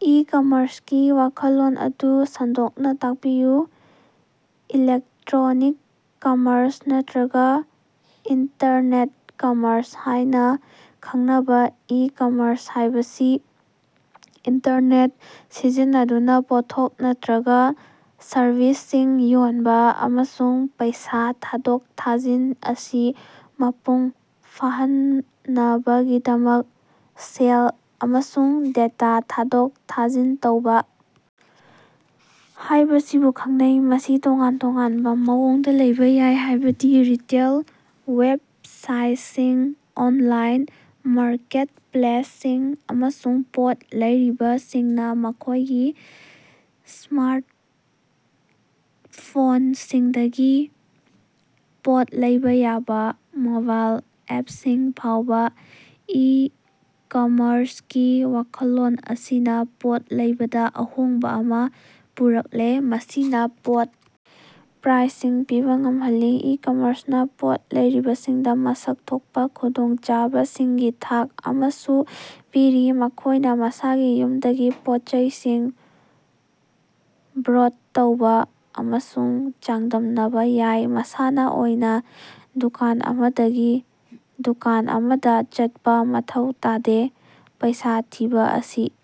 ꯏ-ꯀꯃꯔ꯭ꯁꯀꯤ ꯋꯥꯈꯜꯂꯣꯟ ꯑꯗꯨ ꯁꯟꯗꯣꯛꯅꯥ ꯇꯥꯛꯄꯤꯌꯨ꯫ ꯏꯂꯦꯛꯇꯔꯣꯅꯤꯛ ꯀꯃꯔꯁ ꯅꯠꯇ꯭ꯔꯒ ꯏꯟꯇꯔꯅꯦꯠ ꯀꯃꯔꯁ ꯍꯥꯢꯅ ꯈꯪꯅꯕꯥ ꯏ-ꯀꯃꯔꯁ ꯍꯥꯢꯕꯁꯤ ꯏꯟꯇꯔꯅꯦꯠ ꯁꯤꯖꯤꯟꯅꯗꯨꯅ ꯄꯣꯠꯊꯣꯛ ꯅꯠꯇ꯭ꯔꯒꯥ ꯁꯔꯚꯤꯁꯁꯤꯡ ꯌꯣꯟꯕ ꯑꯃꯁꯨꯡ ꯄꯩꯁꯥ ꯊꯥꯗꯣꯛ ꯊꯥꯖꯤꯟ ꯑꯁꯤ ꯃꯄꯨꯡ ꯐꯥꯍꯟꯅꯕꯒꯤꯗꯃꯛ ꯁꯦꯜ ꯑꯃꯁꯨꯡ ꯗꯦꯇꯥ ꯊꯥꯗꯣꯛ ꯊꯥꯖꯤꯟ ꯇꯧꯕꯥ ꯍꯥꯢꯕꯁꯤꯕꯨ ꯈꯪꯅꯩ꯫ ꯃꯁꯤ ꯇꯣꯉꯥꯟ-ꯇꯣꯉꯥꯟꯕ ꯃꯑꯣꯡꯗ ꯂꯩꯕꯥ ꯌꯥꯏ ꯍꯥꯢꯕꯗꯤ ꯔꯤꯇꯦꯜ ꯋꯦꯕꯁꯥꯏꯇꯁꯤꯡ, ꯑꯣꯟꯂꯥꯏꯟ ꯃꯥꯔꯀꯦꯠꯄ꯭ꯂꯦꯁꯁꯤꯡ ꯑꯃꯁꯨꯡ ꯄꯣꯠ ꯂꯩꯔꯤꯕꯁꯤꯡꯅ ꯃꯈꯣꯢꯒꯤ ꯁ꯭ꯃꯥꯔꯇꯐꯣꯟꯁꯤꯡꯗꯒꯤ ꯄꯣꯠ ꯂꯩꯕꯥ ꯌꯥꯕ ꯃꯣꯕꯥꯏꯜ ꯑꯦꯞꯁꯤꯡ ꯐꯥꯎꯕ꯫ ꯏ-ꯀꯃꯔꯁꯀꯤ ꯋꯥꯈꯜꯂꯣꯟ ꯑꯁꯤꯅ ꯄꯣꯠ ꯂꯩꯕꯗ ꯑꯍꯣꯡꯕ ꯑꯃ ꯄꯨꯔꯛꯂꯦ ꯃꯁꯤꯅ ꯄꯣꯠ ꯄ꯭ꯔꯥꯏꯁꯤꯡ ꯄꯤꯕꯥ ꯉꯝꯍꯜꯂꯤ꯫ ꯏ-ꯀꯝꯃꯔꯁꯅ ꯄꯣꯠ ꯂꯩꯔꯤꯕꯁꯤꯡꯗ ꯃꯁꯛ ꯊꯣꯛꯄꯥ ꯈꯨꯗꯣꯡꯆꯥꯕꯁꯤꯡꯒꯤ ꯊꯥꯛ ꯑꯃꯁꯨ ꯄꯤꯔꯤ ꯃꯈꯣꯢꯅ ꯃꯁꯥꯒꯤ ꯌꯨꯝꯗꯒꯤ ꯄꯣꯠꯆꯩꯁꯤꯡ ꯕ꯭ꯔꯣꯗ ꯇꯧꯕꯥ ꯑꯃꯁꯨꯡ ꯆꯥꯡꯗꯝꯅꯕ ꯌꯥꯏ ꯃꯁꯥꯅ ꯑꯣꯏꯅꯥ ꯗꯨꯀꯥꯟ ꯑꯃꯗꯒꯤ ꯗꯨꯀꯥꯟ ꯑꯃꯗ ꯆꯠꯄꯥ ꯃꯊꯧ ꯇꯥꯗꯦ꯫ ꯄꯩꯁꯥ ꯊꯤꯕ ꯑꯁꯤ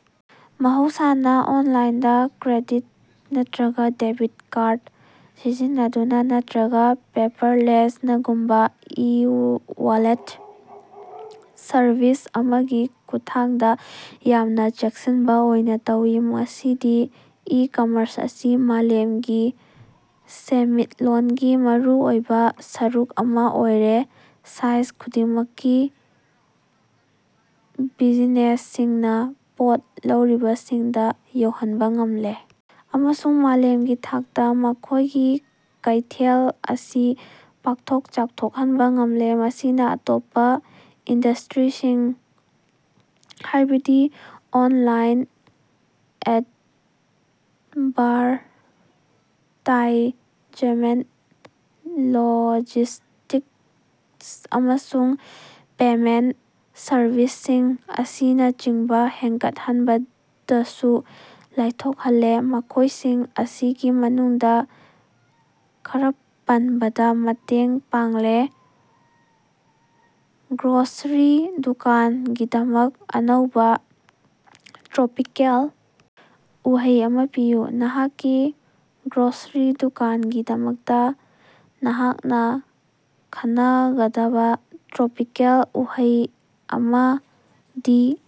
ꯃꯍꯧꯁꯥꯅ ꯑꯣꯅꯂꯥꯏꯟꯗ ꯀ꯭ꯔꯦꯗꯤꯠ ꯅꯠꯇ꯭ꯔꯒ ꯗꯦꯕꯤꯠ ꯀꯥꯔꯗ ꯁꯤꯖꯤꯟꯅꯗꯨꯅ ꯅꯠꯇ꯭ꯔꯒ ꯄꯦꯄꯔꯂꯦꯁꯅꯒꯨꯝꯕ ꯏ-ꯋꯥꯂꯦꯠ ꯁꯔꯚꯤꯁ ꯑꯃꯒꯤ ꯈꯨꯠꯊꯥꯡꯗ ꯌꯥꯝꯅ ꯆꯦꯛꯁꯤꯟꯕ ꯑꯣꯏꯅ ꯇꯧꯏ꯫ ꯉꯁꯤꯗꯤ ꯏ-ꯀꯃꯔꯁ ꯑꯁꯤ ꯃꯥꯂꯦꯝꯒꯤ ꯁꯦꯟꯃꯤꯠꯂꯣꯟꯒꯤ ꯃꯔꯨꯑꯣꯏꯕ ꯁꯔꯨꯛ ꯑꯃꯥ ꯑꯣꯏꯔꯦ ꯁꯥꯏꯖ ꯈꯨꯗꯤꯡꯃꯛꯀꯤ ꯕꯤꯖꯤꯅꯦꯁꯁꯤꯡꯅ ꯄꯣꯠ ꯂꯧꯔꯤꯕꯁꯤꯡꯗ ꯌꯧꯍꯟꯕ ꯉꯝꯂꯦ ꯑꯃꯁꯨꯡ ꯃꯥꯂꯦꯝꯒꯤ ꯊꯥꯛꯇ ꯃꯈꯣꯢꯒꯤ ꯀꯩꯊꯦꯜ ꯑꯁꯤ ꯄꯥꯛꯊꯣꯛ ꯆꯥꯎꯊꯣꯛꯍꯟꯕ ꯉꯝꯂꯦ꯫ ꯃꯁꯤꯅꯥ ꯑꯇꯣꯞꯄ ꯏꯟꯗꯁꯇ꯭ꯔꯤꯁꯤꯡ ꯍꯥꯢꯕꯗꯤ ꯑꯣꯟꯂꯥꯏꯟ ꯑꯦꯗꯚꯥꯔꯇꯥꯏꯖꯃꯦꯟꯇ, ꯂꯣꯖꯤꯁ꯭ꯇꯤꯛꯁ ꯑꯃꯁꯨꯡ ꯄꯦꯃꯦꯟꯇ ꯁꯔꯕꯤꯁꯁꯤꯡ ꯑꯁꯤꯅꯆꯤꯡꯕ ꯍꯦꯟꯒꯠꯍꯟꯕꯗꯁꯨ ꯂꯥꯏꯊꯣꯛꯍꯜꯂꯦ ꯃꯈꯣꯢꯁꯤꯡ ꯑꯁꯤꯒꯤ ꯃꯅꯨꯡꯗ ꯈꯔ ꯄꯟꯕꯗ ꯃꯇꯦꯡ ꯄꯥꯡꯂꯦ꯫ ꯒ꯭ꯔꯣꯁꯔꯤ ꯗꯨꯀꯥꯟꯒꯤꯗꯃꯛ ꯑꯅꯧꯕꯥ ꯇ꯭ꯔꯣꯄꯤꯀꯦꯜ ꯎꯍꯩ ꯑꯃ ꯄꯤꯌꯨ꯫ ꯅꯍꯥꯛꯀꯤ ꯒ꯭ꯔꯣꯁꯔꯤ ꯗꯨꯀꯥꯟꯒꯤꯗꯃꯛꯇ ꯅꯍꯥꯛꯅ ꯈꯟꯅꯒꯗꯕ ꯇ꯭ꯔꯣꯄꯤꯀꯦꯜ ꯎꯍꯩ ꯑꯃꯗꯤ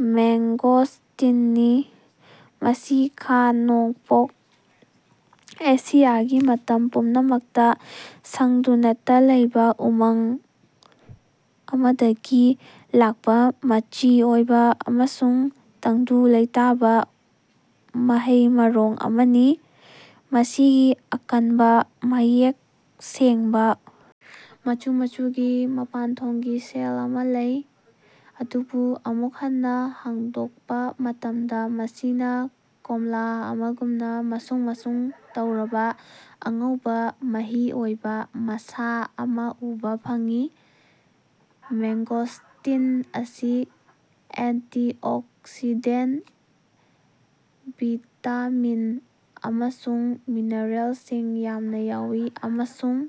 ꯃꯦꯡꯒꯣꯁꯇꯤꯟꯅꯤ꯫ ꯃꯁꯤ ꯈꯥ-ꯅꯣꯡꯄꯣꯛ ꯑꯦꯁꯤꯌꯥꯒꯤ ꯃꯇꯝ ꯄꯨꯝꯅꯃꯛꯇ ꯁꯪꯗꯨꯅꯇ ꯂꯩꯕ ꯎꯃꯪ ꯑꯃꯗꯒꯤ ꯂꯥꯛꯄꯥ ꯃꯆꯤ ꯑꯣꯏꯕ ꯑꯃꯁꯨꯡ ꯇꯪꯗꯨ ꯂꯩꯇꯥꯕꯥ ꯃꯍꯩ-ꯃꯔꯣꯡ ꯑꯃꯅꯤ꯫ ꯃꯁꯤꯒꯤ ꯑꯀꯟꯕꯥ ꯃꯌꯦꯛ ꯁꯦꯡꯕꯥ ꯃꯆꯨ ꯃꯆꯨꯒꯤ ꯃꯄꯥꯟꯊꯣꯡꯒꯤ ꯁꯦꯜ ꯑꯃꯥ ꯂꯩ ꯑꯗꯨꯕꯨ ꯑꯃꯨꯛ ꯍꯟꯅ ꯍꯥꯡꯗꯣꯛꯄ ꯃꯇꯝꯗ ꯃꯁꯤꯅꯥ ꯀꯣꯝꯂꯥ ꯑꯃꯒꯨꯝꯅ ꯃꯁꯨꯡ ꯃꯁꯨꯡ ꯇꯧꯔꯕꯥ ꯑꯉꯧꯕ ꯃꯍꯤ ꯑꯣꯏꯕ ꯃꯁꯥ ꯑꯃ ꯎꯕ ꯐꯪꯏ꯫ ꯃꯦꯡꯒꯣꯁꯇꯤꯟ ꯑꯁꯤ ꯑꯦꯟꯇꯤꯑꯣꯛꯁꯤꯗꯦꯟ, ꯚꯤꯇꯥꯃꯤꯟ ꯑꯃꯁꯨꯡ ꯃꯤꯅꯔꯦꯜꯁꯤꯡ ꯌꯥꯝꯅ ꯌꯥꯎꯏ ꯑꯃꯁꯨꯡ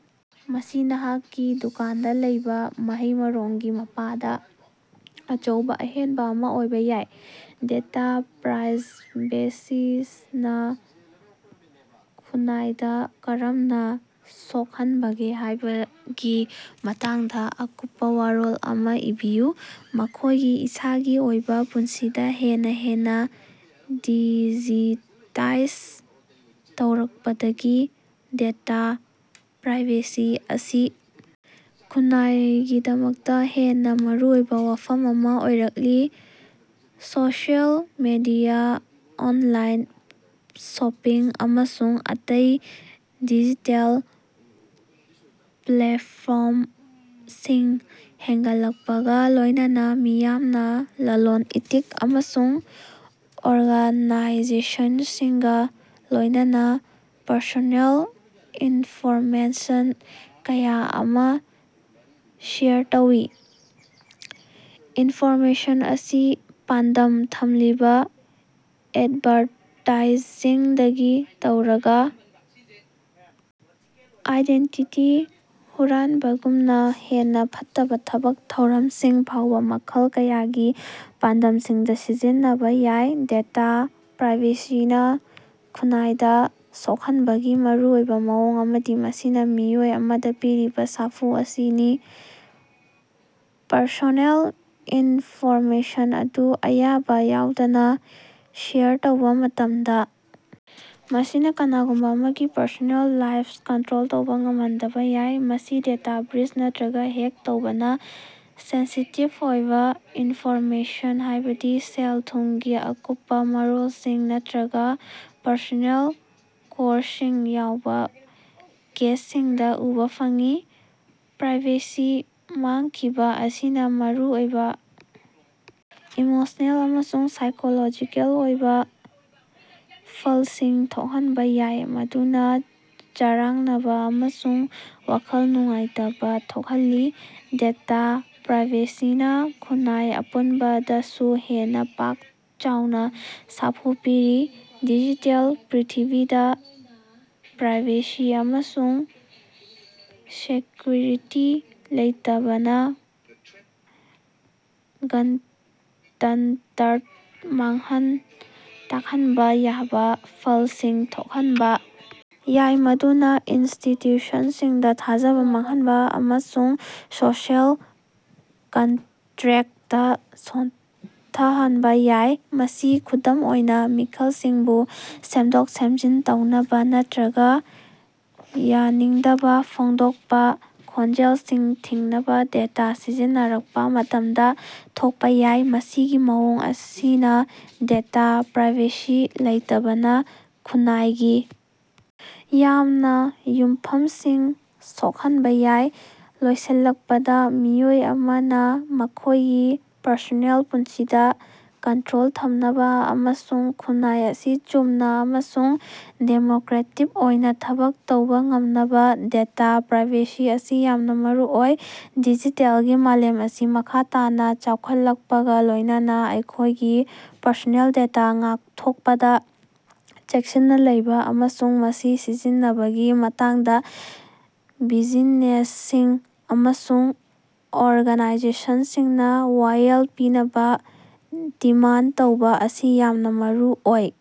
ꯃꯁꯤ ꯅꯍꯥꯛꯀꯤ ꯗꯨꯀꯥꯟꯗ ꯂꯩꯕꯥ ꯃꯍꯩ-ꯃꯔꯣꯡꯒꯤ ꯃꯄꯥꯗ ꯑꯆꯧꯕ ꯑꯍꯦꯟꯕ ꯑꯃ ꯑꯣꯏꯕ ꯌꯥꯏ꯫ ꯗꯦꯇꯥ ꯄ꯭ꯔꯥꯏꯚꯦꯁꯤꯅ ꯈꯨꯟꯅꯥꯏꯗ ꯀꯔꯝꯅ ꯁꯣꯛꯍꯟꯕꯒꯦ ꯍꯥꯢꯕꯒꯤ ꯃꯇꯥꯡꯗ ꯑꯀꯨꯞꯄ ꯋꯥꯔꯣꯜ ꯑꯃ ꯏꯕꯤꯌꯨ꯫ ꯑꯩꯈꯣꯢꯒꯤ ꯏꯁꯥꯒꯤ ꯑꯣꯏꯕ ꯄꯨꯟꯁꯤꯗ ꯍꯦꯟꯅ ꯍꯦꯟꯅ ꯗꯤꯖꯤꯇꯥꯏꯖ ꯇꯧꯔꯛꯄꯗꯒꯤ ꯗꯦꯇꯥ ꯄ꯭ꯔꯥꯏꯚꯦꯁꯤ ꯑꯁꯤ ꯈꯨꯟꯅꯥꯏꯒꯤꯗꯃꯛꯇ ꯍꯦꯟꯅ ꯃꯔꯨꯑꯣꯏꯕ ꯋꯥꯐꯝ ꯑꯃ ꯑꯣꯏꯔꯛꯂꯤ꯫ ꯁꯣꯁꯤꯑꯦꯜ ꯃꯤꯗꯤꯌꯥ, ꯑꯣꯟꯂꯥꯏꯟ ꯁꯣꯄꯤꯡ, ꯑꯃꯁꯨꯡ ꯑꯇꯩ ꯗꯤꯖꯤꯇꯦꯜ ꯄ꯭ꯂꯦꯇꯐꯣꯝꯁꯤꯡ ꯍꯦꯟꯒꯠꯂꯛꯄꯒ ꯂꯣꯢꯅꯅ ꯃꯤꯌꯥꯝꯅ ꯂꯂꯣꯟ-ꯏꯇꯤꯛ ꯑꯃꯁꯨꯡ ꯑꯣꯔꯒꯥꯅꯥꯏꯖꯦꯁꯟꯁꯤꯡꯒ ꯂꯣꯢꯅꯅꯥ ꯄꯔꯁꯣꯅꯦꯜ ꯏꯟꯐꯣꯔꯃꯦꯁꯟ ꯀꯌꯥ ꯑꯃ ꯁꯦꯌꯔ ꯇꯧꯏ꯫ ꯏꯟꯐꯣꯔꯃꯦꯁꯟ ꯑꯁꯤ ꯄꯥꯟꯗꯝ ꯊꯝꯂꯤꯕ ꯑꯦꯗꯚꯥꯔꯇꯥꯏꯖꯤꯡꯗꯒꯤ ꯇꯧꯔꯒ ꯑꯥꯏꯗꯦꯟꯇꯤꯇꯤ ꯍꯨꯔꯥꯟꯕꯒꯨꯝꯅ ꯍꯦꯟꯅ ꯐꯠꯇꯕ ꯊꯕꯛ ꯊꯧꯔꯝꯁꯤꯡ ꯐꯥꯎꯕ ꯃꯈꯜ ꯀꯌꯥꯒꯤ ꯄꯥꯟꯗꯝꯁꯤꯡꯗ ꯁꯤꯖꯤꯟꯅꯕ ꯌꯥꯏ꯫ ꯗꯦꯇꯥ ꯄ꯭ꯔꯥꯏꯚꯦꯁꯤꯅꯥ ꯈꯨꯟꯅꯥꯏꯗ ꯁꯣꯛꯍꯟꯕꯒꯤ ꯃꯔꯨꯑꯣꯏꯕ ꯃꯑꯣꯡ ꯑꯃꯗꯤ ꯃꯁꯤꯅ ꯃꯤꯑꯣꯏ ꯑꯃꯗ ꯄꯤꯔꯤꯕ ꯁꯥꯐꯨ ꯑꯁꯤꯅꯤ꯫ ꯄꯔꯁꯣꯅꯦꯜ ꯏꯟꯐꯣꯔꯃꯦꯁꯟ ꯑꯗꯨ ꯑꯌꯥꯕ ꯌꯥꯎꯗꯅ ꯁꯦꯌꯔ ꯇꯧꯕ ꯃꯇꯝꯗꯥ ꯃꯁꯤꯅꯥ ꯀꯅꯥꯒꯨꯝꯕ ꯑꯃꯒꯤ ꯄꯔꯁꯣꯅꯦꯜ ꯂꯥꯏꯐ ꯀꯟꯇ꯭ꯔꯣꯜ ꯇꯧꯕ ꯉꯝꯍꯟꯗꯕ ꯌꯥꯏ꯫ ꯃꯁꯤ ꯗꯦꯇꯥ ꯕ꯭ꯔꯤꯆ ꯅꯠꯇ꯭ꯔꯒ ꯍꯦꯛ ꯇꯧꯕꯅ ꯁꯦꯟꯁꯤꯇꯤꯚ ꯑꯣꯏꯕ ꯏꯟꯐꯣꯔꯃꯦꯁꯟ ꯍꯥꯢꯕꯗꯤ ꯁꯦꯜ-ꯊꯨꯝꯒꯤ ꯑꯀꯨꯞꯄ ꯃꯔꯣꯜꯁꯤꯡ ꯅꯠꯇ꯭ꯔꯒ ꯄꯔꯁꯣꯅꯦꯜ ꯀꯣꯔꯁꯁꯤꯡ ꯌꯥꯎꯕ ꯀꯦꯁꯁꯤꯡꯗ ꯎꯕ ꯐꯪꯏ꯫ ꯄ꯭ꯔꯥꯏꯚꯦꯁꯤ ꯃꯥꯡꯈꯤꯕ ꯑꯁꯤꯅ ꯃꯔꯨꯑꯣꯏꯕ ꯏꯃꯣꯁꯅꯦꯜ ꯑꯃꯁꯨꯡ ꯁꯥꯏꯀꯣꯂꯣꯖꯤꯀꯦꯜ ꯑꯣꯏꯕ ꯐꯜꯁꯤꯡ ꯊꯣꯛꯍꯟꯕ ꯌꯥꯏ ꯃꯗꯨꯅ ꯆꯔꯥꯡꯅꯕ ꯑꯃꯁꯨꯡ ꯋꯥꯈꯜ ꯅꯨꯡꯉꯥꯏꯇꯕ ꯊꯣꯛꯍꯜꯂꯤ꯫ ꯗꯦꯇꯥ ꯄ꯭ꯔꯥꯏꯚꯦꯁꯤꯅ ꯈꯨꯟꯅꯥꯏ ꯑꯄꯨꯟꯕꯗꯁꯨ ꯍꯦꯟꯅ ꯄꯥꯛ-ꯆꯥꯎꯅ ꯁꯥꯐꯨ ꯄꯤꯔꯤ꯫ ꯗꯤꯖꯤꯇꯦꯜ ꯄ꯭ꯔꯤꯊꯤꯕꯤꯗ ꯄ꯭ꯔꯥꯏꯚꯦꯁꯤ ꯑꯃꯁꯨꯡ ꯁꯦꯀ꯭ꯌꯨꯔꯤꯇꯤ ꯂꯩꯇꯕꯅ ꯒꯅꯇꯟꯇ꯭ꯔꯗ ꯃꯥꯡꯍꯟ ꯇꯥꯛꯍꯟꯕ ꯌꯥꯕꯥ ꯐꯜꯁꯤꯡ ꯊꯣꯛꯍꯟꯕ ꯌꯥꯏ ꯃꯗꯨꯅ ꯏꯟꯁꯇꯤꯇ꯭ꯌꯨꯁꯟꯁꯤꯡꯗ ꯊꯥꯖꯕ ꯃꯥꯡꯍꯟꯕ ꯑꯃꯁꯨꯡ ꯁꯣꯁꯤꯑꯦꯜ ꯀꯟꯇ꯭ꯔꯦꯛꯇ ꯁꯣꯟꯊꯍꯟꯕꯥ ꯌꯥꯏ꯫ ꯃꯁꯤ ꯈꯨꯗꯝ ꯑꯣꯏꯅ ꯃꯤꯈꯜꯁꯤꯡꯕꯨ ꯁꯦꯝꯗꯣꯛ-ꯁꯦꯝꯖꯤꯟ ꯇꯧꯅꯕ ꯅꯠꯇ꯭ꯔꯒꯥ ꯌꯥꯅꯤꯡꯗꯕ ꯐꯣꯡꯗꯣꯛꯄꯥ ꯈꯣꯟꯖꯦꯜꯁꯤꯡ ꯊꯤꯡꯅꯕ ꯗꯦꯇꯥ ꯁꯤꯖꯤꯟꯅꯔꯛꯄꯥ ꯃꯇꯝꯗ ꯊꯣꯛꯄꯥ ꯌꯥꯏ꯫ ꯃꯁꯤꯒꯤ ꯃꯑꯣꯡ ꯑꯁꯤꯅꯥ ꯗꯦꯇꯥ ꯄ꯭ꯔꯥꯏꯚꯦꯁꯤ ꯂꯩꯇꯕꯅ ꯈꯨꯟꯅꯥꯏꯒꯤ ꯌꯥꯝꯅ ꯌꯨꯝꯐꯝꯁꯤꯡ ꯁꯣꯛꯍꯟꯕꯥ ꯌꯥꯏ꯫ ꯂꯣꯏꯁꯤꯜꯂꯛꯄꯗ ꯃꯤꯑꯣꯏ ꯑꯃꯅ ꯃꯈꯣꯢꯒꯤ ꯄꯔꯁꯣꯅꯦꯜ ꯄꯨꯟꯁꯤꯗ ꯀꯟꯇ꯭ꯔꯣꯜ ꯊꯝꯅꯕ ꯑꯃꯁꯨꯡ ꯈꯨꯟꯅꯥꯏ ꯑꯁꯤ ꯆꯨꯝꯅ ꯑꯃꯁꯨꯡ ꯗꯦꯃꯣꯀ꯭ꯔꯦꯇꯤꯛ ꯑꯣꯏꯅ ꯊꯕꯛ ꯇꯧꯕ ꯉꯝꯅꯕ ꯗꯦꯇꯥ ꯄ꯭ꯔꯥꯏꯚꯦꯁꯤ ꯑꯁꯤ ꯌꯥꯝꯅ ꯃꯔꯨꯑꯣꯏ꯫ ꯗꯤꯖꯤꯇꯦꯜꯒꯤ ꯃꯥꯂꯦꯝ ꯑꯁꯤ ꯃꯈꯥ ꯇꯥꯅꯥ ꯆꯥꯎꯈꯠꯂꯛꯄꯒ ꯂꯣꯢꯅꯅꯥ ꯑꯩꯈꯣꯢꯒꯤ ꯄꯔꯁꯣꯅꯦꯜ ꯗꯦꯇꯥ ꯉꯥꯛꯊꯣꯛꯄꯗ ꯆꯦꯛꯁꯤꯟꯅ ꯂꯩꯕꯥ ꯑꯃꯁꯨꯡ ꯃꯁꯤ ꯁꯤꯖꯤꯟꯅꯕꯒꯤ ꯃꯇꯥꯡꯗ ꯕꯤꯖꯤꯅꯦꯁꯁꯤꯡ ꯑꯃꯁꯨꯡ ꯑꯣꯔꯒꯅꯥꯏꯖꯦꯁꯟꯁꯤꯡꯅ ꯋꯥꯌꯦꯜ ꯄꯤꯅꯕ ꯗꯤꯃꯥꯟ ꯇꯧꯕꯥ ꯑꯁꯤ ꯌꯥꯝꯅꯥ ꯃꯔꯨꯑꯣꯏ꯫